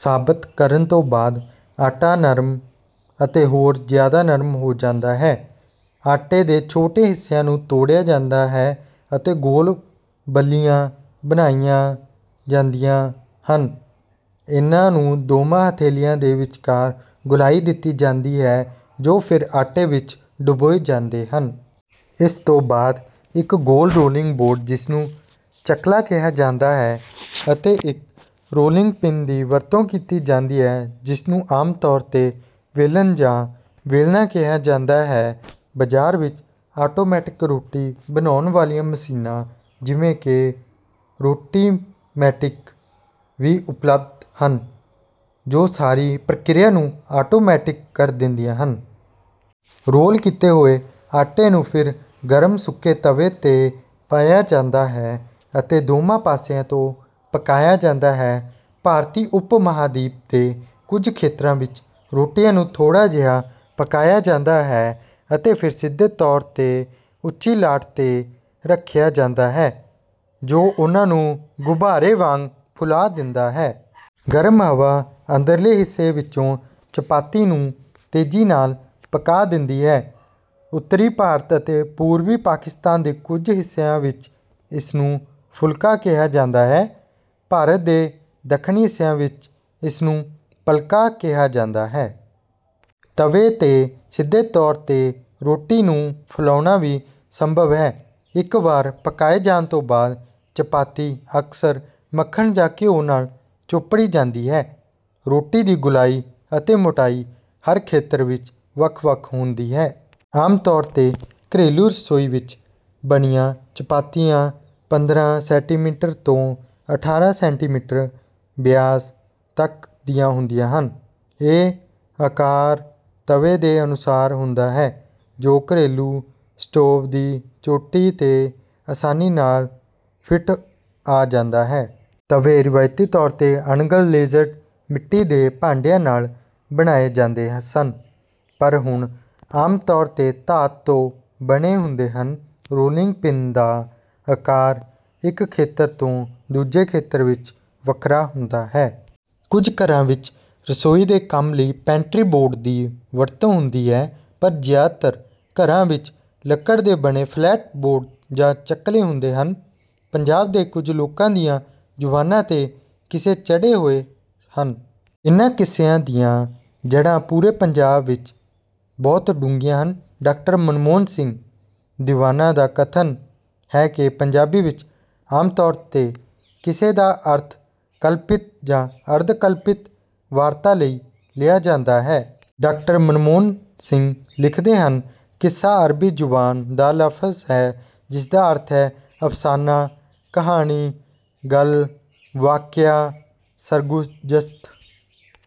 ਸਾਬਤ ਕਰਨ ਤੋਂ ਬਾਅਦ, ਆਟਾ ਨਰਮ ਅਤੇ ਹੋਰ ਜ਼ਿਆਦਾ ਨਰਮ ਹੋ ਜਾਂਦਾ ਹੈ। ਆਟੇ ਦੇ ਛੋਟੇ ਹਿੱਸਿਆਂ ਨੂੰ ਤੋੜਿਆ ਜਾਂਦਾ ਹੈ ਅਤੇ ਗੋਲ ਬੱਲੀਆਂ ਬਣਾਈਆਂ ਜਾਂਦੀਆਂ ਹਨ। ਇਨ੍ਹਾਂ ਨੂੰ ਦੋਵੇਂ ਹਥੇਲੀਆਂ ਦੇ ਵਿਚਕਾਰ ਗੋਲਾਈ ਦਿੱਤੀ ਜਾਂਦੀ ਹੈ ਜੋ ਫਿਰ ਆਟੇ ਵਿੱਚ ਡੁਬੋਏ ਜਾਂਦੇ ਹਨ। ਇਸ ਤੋਂ ਬਾਅਦ ਇੱਕ ਗੋਲ ਰੋਲਿੰਗ ਬੋਰਡ, ਜਿਸਨੂੰ ਚੱਕਲਾ ਕਿਹਾ ਜਾਂਦਾ ਹੈ, ਅਤੇ ਇੱਕ ਰੋਲਿੰਗ ਪਿੰਨ ਦੀ ਵਰਤੋਂ ਕੀਤੀ ਜਾਂਦੀ ਹੈ ਜਿਸਨੂੰ ਆਮ ਤੌਰ 'ਤੇ ਵੇਲਣ ਜਾਂ ਬੇਲਨਾ ਕਿਹਾ ਜਾਂਦਾ ਹੈ। ਬਾਜ਼ਾਰ ਵਿੱਚ ਆਟੋਮੈਟਿਕ ਰੋਟੀ ਬਣਾਉਣ ਵਾਲੀਆਂ ਮਸ਼ੀਨਾਂ ਜਿਵੇਂ ਕਿ ਰੋਟੀਮੈਟਿਕ ਵੀ ਉਪਲਬਧ ਹਨ ਜੋ ਸਾਰੀ ਪ੍ਰਕਿਰਿਆ ਨੂੰ ਆਟੋਮੈਟਿਕ ਕਰ ਦਿੰਦੀਆਂ ਹਨ। ਰੋਲ ਕੀਤੇ ਹੋਏ ਆਟੇ ਨੂੰ ਫਿਰ ਗਰਮ ਸੁੱਕੇ ਤਵੇ 'ਤੇ ਪਾਇਆ ਜਾਂਦਾ ਹੈ ਅਤੇ ਦੋਵੇਂ ਪਾਸਿਆਂ ਤੋਂ ਪਕਾਇਆ ਜਾਂਦਾ ਹੈ। ਭਾਰਤੀ ਉਪ-ਮਹਾਂਦੀਪ ਦੇ ਕੁਝ ਖੇਤਰਾਂ ਵਿੱਚ ਰੋਟੀਆਂ ਨੂੰ ਥੋੜ੍ਹਾ ਜਿਹਾ ਪਕਾਇਆ ਜਾਂਦਾ ਹੈ, ਅਤੇ ਫਿਰ ਸਿੱਧੇ ਤੌਰ 'ਤੇ ਉੱਚੀ ਲਾਟ 'ਤੇ ਰੱਖਿਆ ਜਾਂਦਾ ਹੈ, ਜੋ ਉਨ੍ਹਾਂ ਨੂੰ ਗੁਬਾਰੇ ਵਾਂਗ ਫੁਲਾ ਦਿੰਦਾ ਹੈ। ਗਰਮ ਹਵਾ ਅੰਦਰਲੇ ਹਿੱਸੇ ਵਿੱਚੋਂ ਚਪਾਤੀ ਨੂੰ ਤੇਜ਼ੀ ਨਾਲ ਪਕਾ ਦਿੰਦੀ ਹੈ। ਉੱਤਰੀ ਭਾਰਤ ਅਤੇ ਪੂਰਬੀ ਪਾਕਿਸਤਾਨ ਦੇ ਕੁਝ ਹਿੱਸਿਆਂ ਵਿੱਚ ਇਸਨੂੰ ਫੁਲਕਾ ਕਿਹਾ ਜਾਂਦਾ ਹੈ। ਭਾਰਤ ਦੇ ਦੱਖਣੀ ਹਿੱਸਿਆਂ ਵਿੱਚ ਇਸਨੂੰ ਪਲਕਾ ਕਿਹਾ ਜਾਂਦਾ ਹੈ। ਤਵੇ 'ਤੇ ਸਿੱਧੇ ਤੌਰ 'ਤੇ ਰੋਟੀ ਨੂੰ ਫੁਲਾਉਣਾ ਵੀ ਸੰਭਵ ਹੈ। ਇੱਕ ਵਾਰ ਪਕਾਏ ਜਾਣ ਤੋਂ ਬਾਅਦ, ਚਪਾਤੀ ਅਕਸਰ ਮੱਖਣ ਜਾਂ ਘਿਓ ਨਾਲ ਚੋਪੜੀ ਜਾਂਦੀ ਹੈ। ਰੋਟੀ ਦੀ ਗੋਲਾਈ ਅਤੇ ਮੋਟਾਈ ਹਰ ਖੇਤਰ ਵਿੱਚ ਵੱਖ-ਵੱਖ ਹੁੰਦੀ ਹੈ। ਆਮ ਤੌਰ 'ਤੇ ਘਰੇਲੂ ਰਸੋਈ ਵਿੱਚ ਬਣੀਆਂ ਚਪਾਤੀਆਂ ਪੰਦਰਾਂ ਸੈਂਟੀਮੀਟਰ ਤੋਂ ਅਠਾਰਾਂ ਸੈਂਟੀਮੀਟਰ ਵਿਆਸ ਤੱਕ ਦੀਆਂ ਹੁੰਦੀਆਂ ਹਨ। ਇਹ ਆਕਾਰ ਤਵੇ ਦੇ ਅਨੁਸਾਰ ਹੁੰਦਾ ਹੈ ਜੋ ਘਰੇਲੂ ਸਟੋਵ ਦੀ ਚੋਟੀ 'ਤੇ ਆਸਾਨੀ ਨਾਲ ਫਿੱਟ ਆ ਜਾਂਦਾ ਹੈ। ਤਵੇ ਰਵਾਇਤੀ ਤੌਰ 'ਤੇ ਅਣਗਲੇਜ਼ਡ ਮਿੱਟੀ ਦੇ ਭਾਂਡਿਆਂ ਨਾਲ ਬਣਾਏ ਜਾਂਦੇ ਸਨ, ਪਰ ਹੁਣ ਆਮ ਤੌਰ 'ਤੇ ਧਾਤ ਤੋਂ ਬਣੇ ਹੁੰਦੇ ਹਨ। ਰੋਲਿੰਗ ਪਿੰਨ ਦਾ ਆਕਾਰ ਇੱਕ ਖੇਤਰ ਤੋਂ ਦੂਜੇ ਖੇਤਰ ਵਿੱਚ ਵੱਖਰਾ ਹੁੰਦਾ ਹੈ। ਕੁਝ ਘਰਾਂ ਵਿੱਚ ਰਸੋਈ ਦੇ ਕੰਮ ਲਈ ਪੈਟਰੀ ਬੋਰਡ ਦੀ ਵਰਤੋਂ ਹੁੰਦੀ ਹੈ, ਪਰ ਜ਼ਿਆਦਾਤਰ ਘਰਾਂ ਵਿੱਚ ਲੱਕੜ ਦੇ ਬਣੇ ਫਲੈਟ ਬੋਰਡ ਜਾਂ ਚੱਕਲੇ ਹੁੰਦੇ ਹਨ। ਪੰਜਾਬ ਦੇ ਲੋਕਾਂ ਦੀਆਂ ਜ਼ੁਬਾਨਾਂ 'ਤੇ ਕਿੱਸੇ ਚੜ੍ਹੇ ਹੋਏ ਹਨ। ਇਨ੍ਹਾਂ ਕਿੱਸਿਆਂ ਦੀਆਂ ਜੜ੍ਹਾਂ ਪੂਰੇ ਪੰਜਾਬ ਵਿੱਚ ਬਹੁਤ ਡੂੰਘੀਆਂ ਹਨ। ਡਾ. ਮੋਹਨ ਸਿੰਘ ਦੀਵਾਨਾ ਦਾ ਕਥਨ ਹੈ ਕਿ ਪੰਜਾਬੀ ਵਿੱਚ ਆਮ ਤੌਰ 'ਤੇ ਕਿੱਸੇ ਦਾ ਅਰਥ ਕਲਪਿਤ ਜਾਂ ਅਰਧ-ਕਲਪਿਤ ਵਾਰਤਾ ਲਈ ਲਿਆ ਜਾਂਦਾ ਹੈ। ਡਾ. ਮੋਹਨ ਸਿੰਘ ਲਿਖਦੇ ਹਨ: ਕਿੱਸਾ ਅਰਬੀ ਜ਼ੁਬਾਨ ਦਾ ਲਫ਼ਜ਼ ਹੈ ਜਿਸਦਾ ਅਰਥ ਹੈ: ਅਫ਼ਸਾਨਾ, ਕਹਾਣੀ, ਗੱਲ, ਵਾਕਿਆ, ਸਰਗੁਜ਼ਸ਼ਤ।